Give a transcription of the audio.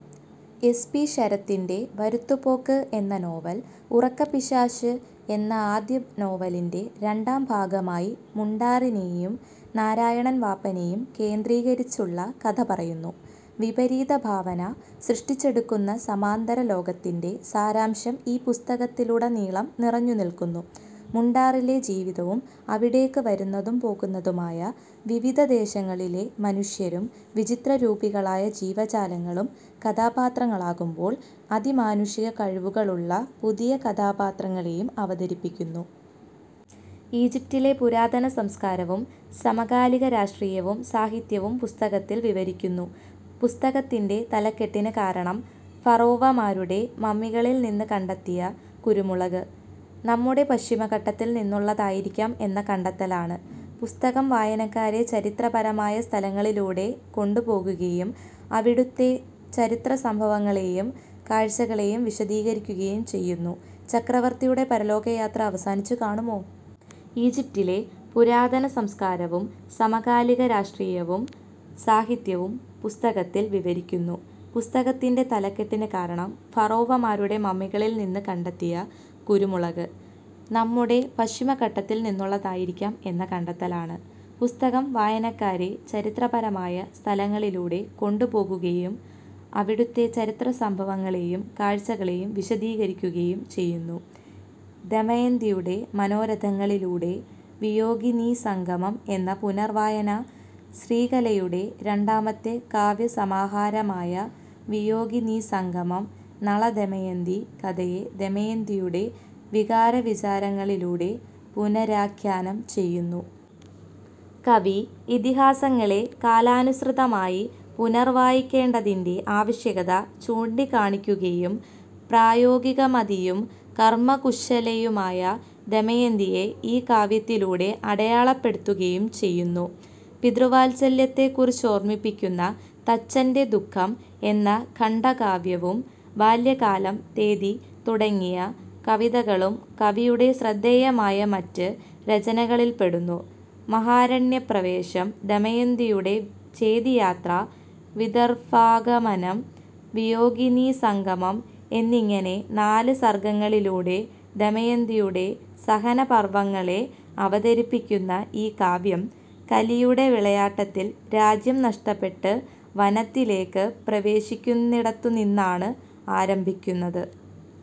S. P. ശരത്തിന്റെ 'വരത്തുപോക്ക്' എന്ന നോവൽ, 'ഉറക്കപ്പിശാച്' എന്ന ആദ്യ നോവലിന്റെ രണ്ടാം ഭാഗമായി, മുണ്ടാറിനെയും നാരായണൻ വാപ്പനെയും കേന്ദ്രീകരിച്ചുള്ള കഥ പറയുന്നു. വിപരീത ഭാവന സൃഷ്ടിച്ചെടുക്കുന്ന സമാന്തര ലോകത്തിന്റെ സാരാംശം ഈ പുസ്തകത്തിലുടനീളം നിറഞ്ഞുനിൽക്കുന്നു. മുണ്ടാറിലെ ജീവിതവും അവിടേക്ക് വരുന്നതും പോകുന്നതുമായ വിവിധ ദേശങ്ങളിലെ മനുഷ്യരും, വിചിത്ര രൂപികളായ ജീവജാലങ്ങളും കഥാപാത്രങ്ങളാകുമ്പോൾ, അതിമാനുഷിക കഴിവുകളുള്ള പുതിയ കഥാപാത്രങ്ങളെയും അവതരിപ്പിക്കുന്നു. ഈജിപ്തിലെ പുരാതന സംസ്കാരവും സമകാലിക രാഷ്ട്രീയവും സാഹിത്യവും പുസ്തകത്തിൽ വിവരിക്കുന്നു. പുസ്തകത്തിന്റെ തലക്കെട്ടിന് കാരണം, ഫറോവമാരുടെ മമ്മികളിൽ നിന്ന് കണ്ടെത്തിയ കുരുമുളക്, നമ്മുടെ പശ്ചിമഘട്ടത്തിൽ നിന്നുള്ളതായിരിക്കാം എന്ന കണ്ടെത്തലാണ്. പുസ്തകം വായനക്കാരെ ചരിത്രപരമായ സ്ഥലങ്ങളിലൂടെ കൊണ്ടുപോകുകയും അവിടുത്തെ ചരിത്ര സംഭവങ്ങളെയും കാഴ്ചകളെയും വിശദീകരിക്കുകയും ചെയ്യുന്നു. ചക്രവർത്തിയുടെ പരലോകയാത്ര അവസാനിച്ചു കാണുമോ? ഈജിപ്തിലെ പുരാതന സംസ്കാരവും സമകാലിക രാഷ്ട്രീയവും സാഹിത്യവും പുസ്തകത്തിൽ വിവരിക്കുന്നു. പുസ്തകത്തിന്റെ തലക്കെട്ടിന് കാരണം, ഫറോവമാരുടെ മമ്മികളിൽ നിന്ന് കണ്ടെത്തിയ കുരുമുളക്, നമ്മുടെ പശ്ചിമഘട്ടത്തിൽ നിന്നുള്ളതായിരിക്കാം എന്ന കണ്ടെത്തലാണ്. പുസ്തകം വായനക്കാരെ ചരിത്രപരമായ സ്ഥലങ്ങളിലൂടെ കൊണ്ടുപോകുകയും അവിടുത്തെ ചരിത്ര സംഭവങ്ങളെയും കാഴ്ചകളെയും വിശദീകരിക്കുകയും ചെയ്യുന്നു. ദമയന്തിയുടെ മനോരഥങ്ങളിലൂടെ; വിയോഗിനീസംഗമം എന്ന പുനർവായന ശ്രീകലയുടെ രണ്ടാമത്തെ കാവ്യസമാഹാരമായ വിയോഗിനീസംഗമം, നളദമയന്തി കഥയെ ദമയന്തിയുടെ വികാരവിചാരങ്ങളിലൂടെ പുനരാഖ്യാനം ചെയ്യുന്നു. കവി, ഇതിഹാസങ്ങളെ കാലാനുസൃതമായി പുനർവായിക്കേണ്ടതിൻ്റെ ആവശ്യകത ചൂണ്ടിക്കാണിക്കുകയും, പ്രായോഗികമതിയും കർമ്മകുശലയുമായ ദമയന്തിയെ ഈ കാവ്യത്തിലൂടെ അടയാളപ്പെടുത്തുകയും ചെയ്യുന്നു. പിതൃവാത്സല്യത്തെക്കുറിച്ചോർമ്മിപ്പിക്കുന്ന 'തച്ചന്റെ ദുഃഖം' എന്ന ഖണ്ഡകാവ്യവും, 'ബാല്യകാലം', 'തേതി' തുടങ്ങിയ കവിതകളും കവിയുടെ ശ്രദ്ദേയമായ മറ്റ് രചനകളിൽപ്പെടുന്നു. മഹാരണ്യപ്രവേശം, ദമയന്തിയുടെ ചേദിയാത്ര, വിദർഭാഗമനം, വിയോഗിനീസംഗമം എന്നിങ്ങനെ നാല് സർഗ്ഗങ്ങളിലൂടെ ദമയന്തിയുടെ സഹനപർവ്വങ്ങളെ അവതരിപ്പിക്കുന്ന ഈ കാവ്യം, കലിയുടെ വിളയാട്ടത്തിൽ രാജ്യം നഷ്ടപ്പെട്ട് വനത്തിലേക്ക് പ്രവേശിക്കുന്നിടത്തുനിന്നാണ് ആരംഭിക്കുന്നത്.